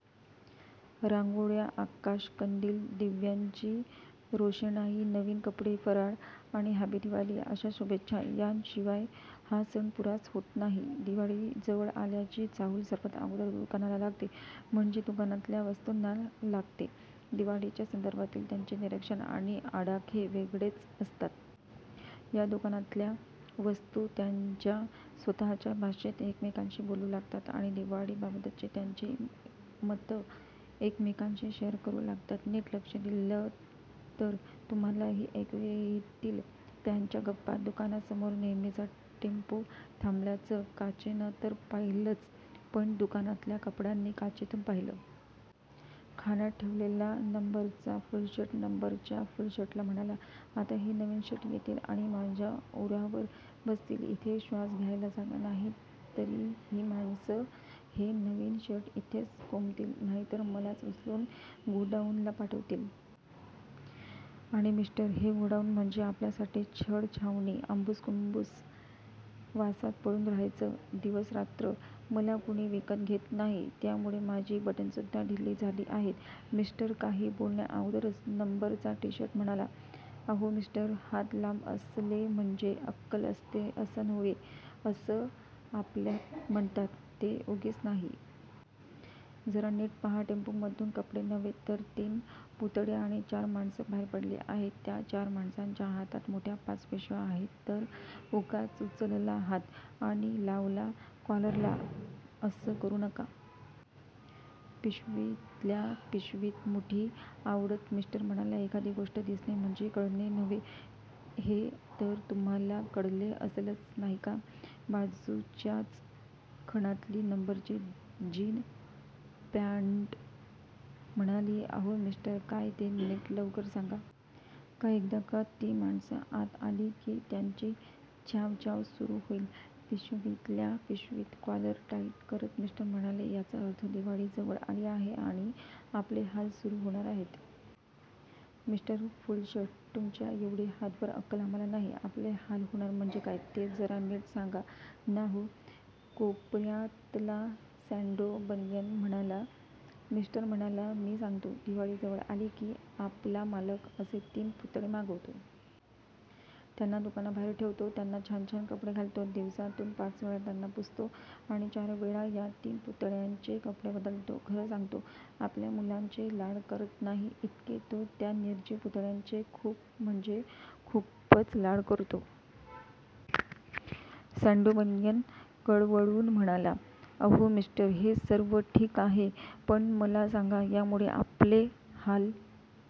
रांगोळ्या, आकाशकंदील, दिव्यांची रोषणाई, नवीन कपडे, फराळ आणि 'हॅपी दिवाली' अशा शुभेच्छा… यांशिवाय हा सण पुराच होत नाही. दिवाळी जवळ आल्याची चाहूल सर्वांत अगोदर दुकानांना लागते, म्हणजे दुकानातल्या वस्तूंना लागते. दिवाळीच्या संदर्भातील त्यांची निरीक्षणं आणि आडाखे वेगळेच असतात. या दुकानातल्या वस्तू त्यांच्या स्वतःच्या भाषेत एकमेकांशी बोलू लागतात... आणि 'दिवाळी'बाबतची त्यांची मतं एकमेकांशी शेअर करू लागतात. नीट लक्ष दिलंत तर तुम्हांलाही ऐकू येतील त्यांच्या गप्पा...! दुकानासमोर नेहमीचा टेम्पो थांबल्याचं काचेनं तर पाहिलंच, पण दुकानातल्या कपड्यांनी काचेतून पाहिलं. खणात ठेवलेला नंबरचा फुलशर्ट, नंबरच्या फुलशर्टला म्हणाला, "आता हे नवीन शर्ट येतील आणि माझ्या उरावर बसतील. इथे श्वास घ्यायला जागा नाही, तरी ही माणसं हे नवीन शर्ट इथेच कोंबतील, नाहीतर मलाच उचलून गोडाऊनला पाठवतील. आणि मिस्टर, हे गोडाऊन म्हणजे आपल्यासाठी छळछावणी. आंबुस-कुंबूस वासात पडून राहायचं दिवस-रात्र! मला कुणी विकत घेत नाही, त्यामुळे माझी बटणंसुद्धा ढिली झाली आहेत. " मिस्टर काही बोलण्याअगोदरच नंबरचा टीशर्ट म्हणाला, "अहो मिस्टर, 'हात लांब असले म्हणजे अक्कल असते असं नव्हे' असं आपल्यात म्हणतात ते उगीच नाही. जरा नीट पाहा. टेम्पोमधून कपडे नव्हे, तर तीन पुतळे आणि चार माणसं बाहेर पडली आहेत. त्या चार माणसांच्या हातात मोठ्या पाच पिशव्या आहेत. तर.. 'उगाच उचलला हात आणि लावला कॉलरला' असं करू नका. " पिशवीतल्या पिशवीत मुठी आवळत मिस्टर म्हणाला, "'एखादी गोष्ट दिसणे म्हणजे कळणे नव्हे' हे तर तुम्हांला कळले असेलच नाही का? " बाजूच्याच खणातली नंबरची जीन पॅण्ट म्हणाली, "अहो मिस्टर, काय ते नीट लवकर सांगा. कारण एकदा का ती माणसं आत आली की, त्यांची च्याँव च्याँव सुरू होईल. " पिशवीतल्या पिशवीत कॉलर टाइट करत मिस्टर म्हणाले, "याचा अर्थ दिवाळी जवळ आली आहे आणि आपले हाल सुरू होणार आहेत.. " "मिस्टर फुलशर्ट, तुमच्याएवढी हातभर अक्कल आम्हांला नाही. 'आपले हाल होणार म्हणजे काय? ' ते जरा नीट सांगा ना हो.. " कोपर्यातला सॅण्डो बनियन म्हणाला. मिस्टर म्हणाला, "मी सांगतो. दिवाळी जवळ आली की, आपला मालक असे तीन पुतळे मागवतो. त्यांना दुकानाबाहेर ठेवतो. त्यांना छान छान कपडे घालतो. दिवसातून पाच वेळा त्यांना पुसतो आणि चार वेळा या तीन पुतळ्यांचे कपडे बदलतो. खरं सांगतो, आपल्या मुलांचे लाड करत नाही इतके तो त्या निर्जीव पुतळ्यांचे खूप म्हणजे खूपच लाड करतो. " सॅण्डो बनियन कळवळून म्हणाला, "अहो मिस्टर, हे सर्व ठीक आहे. पण मला सांगा, यामुळे आपले हाल